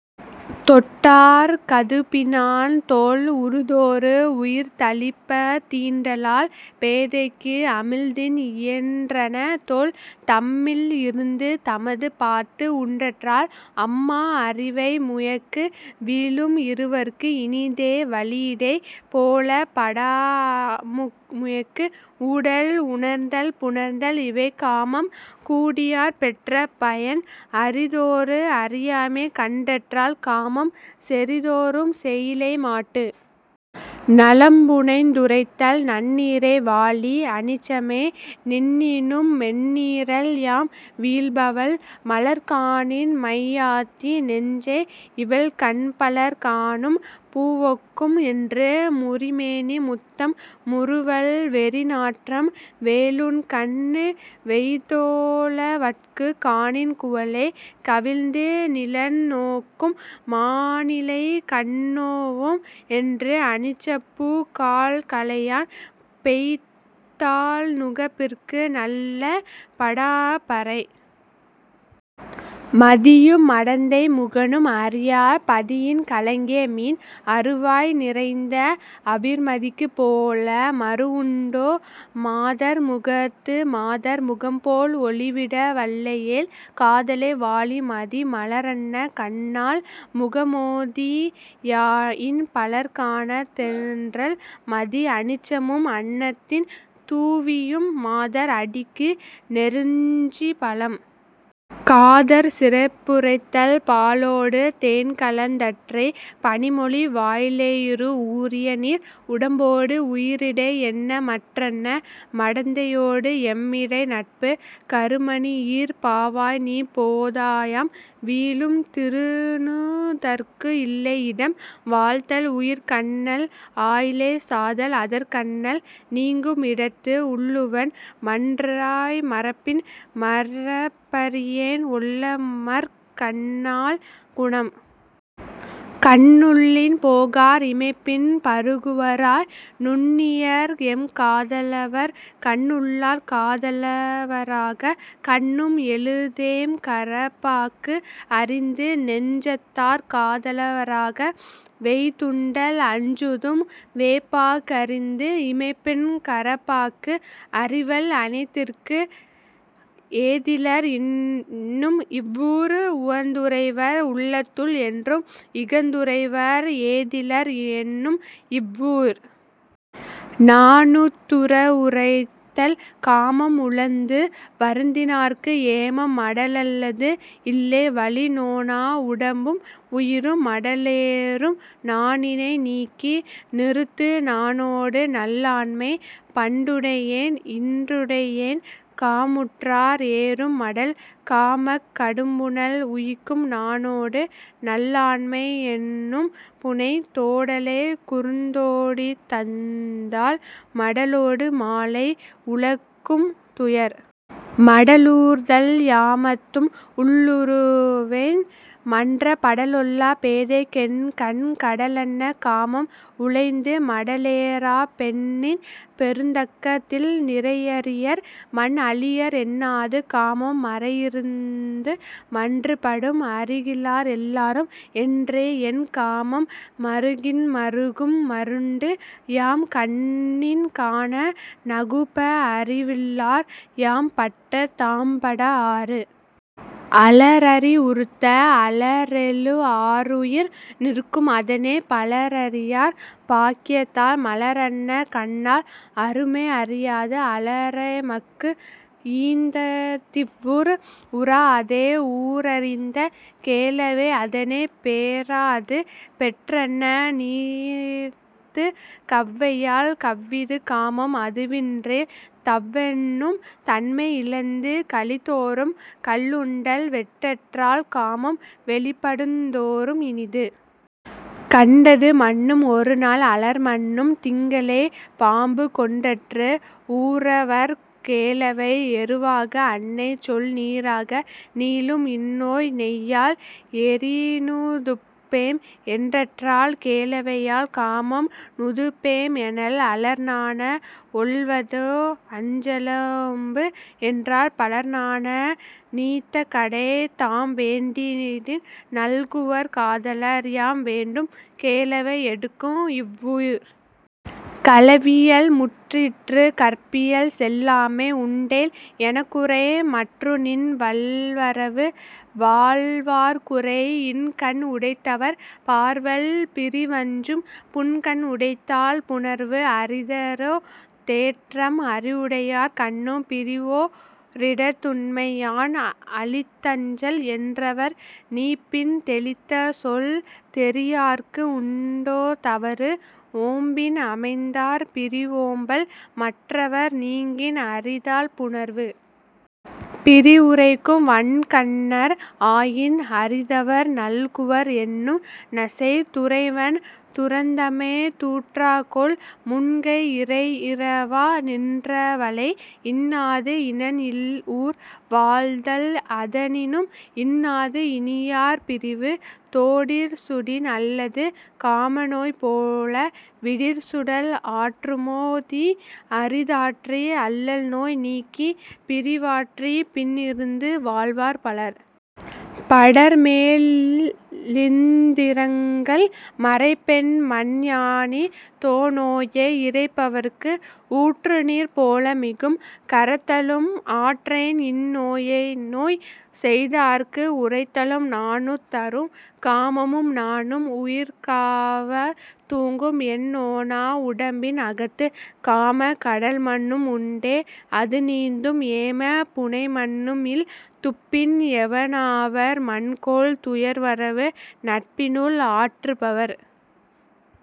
தோட் டார் கதுப்பினாள் தோள். உறுதோறு உயிர்தளிர்ப்பத் தீண்டலால் பேதைக்கு அமிழ்தின் இயன்றன தோள். தம்மில் இருந்து தமதுபாத்து உண்டற்றால் அம்மா அரிவை முயக்கு. வீழும் இருவர்க்கு இனிதே வளியிடை போழப் படாஅ முயக்கு. ஊடல் உணர்தல் புணர்தல் இவைகாமம் கூடியார் பெற்ற பயன். அறிதோறு அறியாமை கண்டற்றால் காமம் செறிதோறும் சேயிழை மாட்டு.. நலம்புனைந்துரைத்தல் நன்னீரை வாழி அனிச்சமே நின்னினும் மென்னீரள் யாம்வீழ் பவள். மலர்காணின் மையாத்தி நெஞ்சே இவள்கண் பலர்காணும் பூவொக்கும் என்று. முறிமேனி முத்தம் முறுவல் வெறிநாற்றம் வேலுண்கண் வேய்த்தோ ளவட்கு. காணின் குவளை கவிழ்ந்து நிலன்நோக்கும் மாணிழை கண்ணொவ்வேம் என்று. அனிச்சப்பூக் கால்களையாள் பெய்தாள் நுகப்பிற்கு நல்ல படாஅ பறை. மதியும் மடந்தை முகனும் அறியா பதியின் கலங்கிய மீன். அறுவாய் நிறைந்த அவிர்மதிக்குப் போல மறுவுண்டோ மாதர் முகத்து. மாதர் முகம்போல் ஒளிவிட வல்லையேல் காதலை வாழி மதி. மலரன்ன கண்ணாள் முகமொத்தி யாயின் பலர்காணத் தோன்றல் மதி. அனிச்சமும் அன்னத்தின் தூவியும் மாதர் அடிக்கு நெருஞ்சிப் பழம்.. காதற்சிறப்புரைத்தல் பாலொடு தேன்கலந் தற்றே பணிமொழி வாலெயிறு ஊறிய நீர். உடம்பொடு உயிரிடை என்னமற் றன்ன மடந்தையொடு எம்மிடை நட்பு. கருமணியிற் பாவாய்நீ போதாயாம் வீழும் திருநுதற்கு இல்லை இடம். வாழ்தல் உயிர்க்கன்னள் ஆயிழை சாதல் அதற்கன்னள் நீங்கும் இடத்து. உள்ளுவன் மன்யான் மறப்பின் மறப்பறியேன் ஒள்ளமர்க் கண்ணாள் குணம். கண்ணுள்ளின் போகார் இமைப்பின் பருகுவரா நுண்ணியர்எம் காத லவர். கண்ணுள்ளார் காத லவராகக் கண்ணும் எழுதேம் கரப்பாக்கு அறிந்து. நெஞ்சத்தார் காத லவராக வெய்துண்டல் அஞ்சுதும் வேபாக் கறிந்து. இமைப்பின் கரப்பாக்கு அறிவல் அனைத்திற்கே ஏதிலர் என்னும் இவ் வூர். உவந்துறைவர் உள்ளத்துள் என்றும் இகந்துறைவர் ஏதிலர் என்னும் இவ் வூர்.. நாணுத்துறவுரைத்தல் காமம் உழந்து வருந்தினார்க்கு ஏமம் மடலல்லது இல்லை வலி. நோனா உடம்பும் உயிரும் மடலேறும் நாணினை நீக்கி நிறுத்து. நாணொடு நல்லாண்மை பண்டுடையேன் இன்றுடையேன் காமுற்றார் ஏறும் மடல். காமக் கடும்புனல் உய்க்கும் நாணொடு நல்லாண்மை என்னும் புணை. தொடலைக் குறுந்தொடி தந்தாள் மடலொடு மாலை உழக்கும் துயர். மடலூர்தல் யாமத்தும் உள்ளுவேன் மன்ற படல்ஒல்லா பேதைக்கென் கண். கடலன்ன காமம் உழந்தும் மடலேறாப் பெண்ணின் பெருந்தக்க தில். நிறையரியர் மன்அளியர் என்னாது காமம் மறையிறந்து மன்று படும். அறிகிலார் எல்லாரும் என்றேஎன் காமம் மறுகின் மறுகும் மருண்டு. யாம்கண்ணின் காண நகுப அறிவில்லார் யாம்பட்ட தாம்படா ஆறு.. அலரறிவுறுத்தல் அலரெழ ஆருயிர் நிற்கும் அதனைப் பலரறியார் பாக்கியத் தால். மலரன்ன கண்ணாள் அருமை அறியாது அலரெமக்கு ஈந்ததிவ் வூர். உறாஅதோ ஊரறிந்த கெளவை அதனைப் பெறாஅது பெற்றன்ன நீர்த்து. கவ்வையால் கவ்விது காமம் அதுவின்றேல் தவ்வென்னும் தன்மை இழந்து. களித்தொறும் கள்ளுண்டல் வேட்டற்றால் காமம் வெளிப்படுந் தோறும் இனிது. கண்டது மன்னும் ஒருநாள் அலர்மன்னும் திங்களைப் பாம்புகொண் டற்று. ஊரவர் கெளவை எருவாக அன்னைசொல் நீராக நீளும்இந் நோய். நெய்யால் எரிநுதுப்பேம் என்றற்றால் கெளவையால் காமம் நுதுப்பேம் எனல். அலர்நாண ஒல்வதோ அஞ்சலோம்பு என்றார் பலர்நாண நீத்தக் கடை. தாம்வேண்டின் நல்குவர் காதலர் யாம்வேண்டும் கெளவை எடுக்கும்இவ் வூர். களவியல் முற்றிற்று கற்பியல் செல்லாமை உண்டேல் எனக்குரை மற்றுநின் வல்வரவு வாழ்வார்க் குரை. இன்கண் உடைத்தவர் பார்வல் பிரிவஞ்சும் புன்கண் உடைத்தால் புணர்வு. அரிதரோ தேற்றம் அறிவுடையார் கண்ணும் பிரிவோ ரிடத்துண்மை யான். அளித்தஞ்சல் என்றவர் நீப்பின் தெளித்தசொல் தேறியார்க்கு உண்டோ தவறு. ஓம்பின் அமைந்தார் பிரிவோம்பல் மற்றவர் நீங்கின் அரிதால் புணர்வு. பிரிவுரைக்கும் வன்கண்ணர் ஆயின் அரிதவர் நல்குவர் என்னும் நசை. துறைவன் துறந்தமை தூற்றாகொல் முன்கை இறைஇறவா நின்ற வளை. இன்னாது இனன்இல்ஊர் வாழ்தல் அதனினும் இன்னாது இனியார்ப் பிரிவு. தொடிற்சுடின் அல்லது காமநோய் போல விடிற்சுடல் ஆற்றுமோ தீ. அரிதாற்றி அல்லல்நோய் நீக்கிப் பிரிவாற்றிப் பின்இருந்து வாழ்வார் பலர்.. படர்மெலிந்திரங்கல் மறைப்பேன்மன் யானிஃதோ நோயை இறைப்பவர்க்கு ஊற்றுநீர் போல மிகும். கரத்தலும் ஆற்றேன்இந் நோயைநோய் செய்தார்க்கு உரைத்தலும் நாணுத் தரும். காமமும் நாணும் உயிர்காவாத் தூங்கும்என் நோனா உடம்பின் அகத்து. காமக் கடல்மன்னும் உண்டே அதுநீந்தும் ஏமப் புணைமன்னும் இல். துப்பின் எவனாவர் மன்கொல் துயர்வரவு நட்பினுள் ஆற்று பவர்.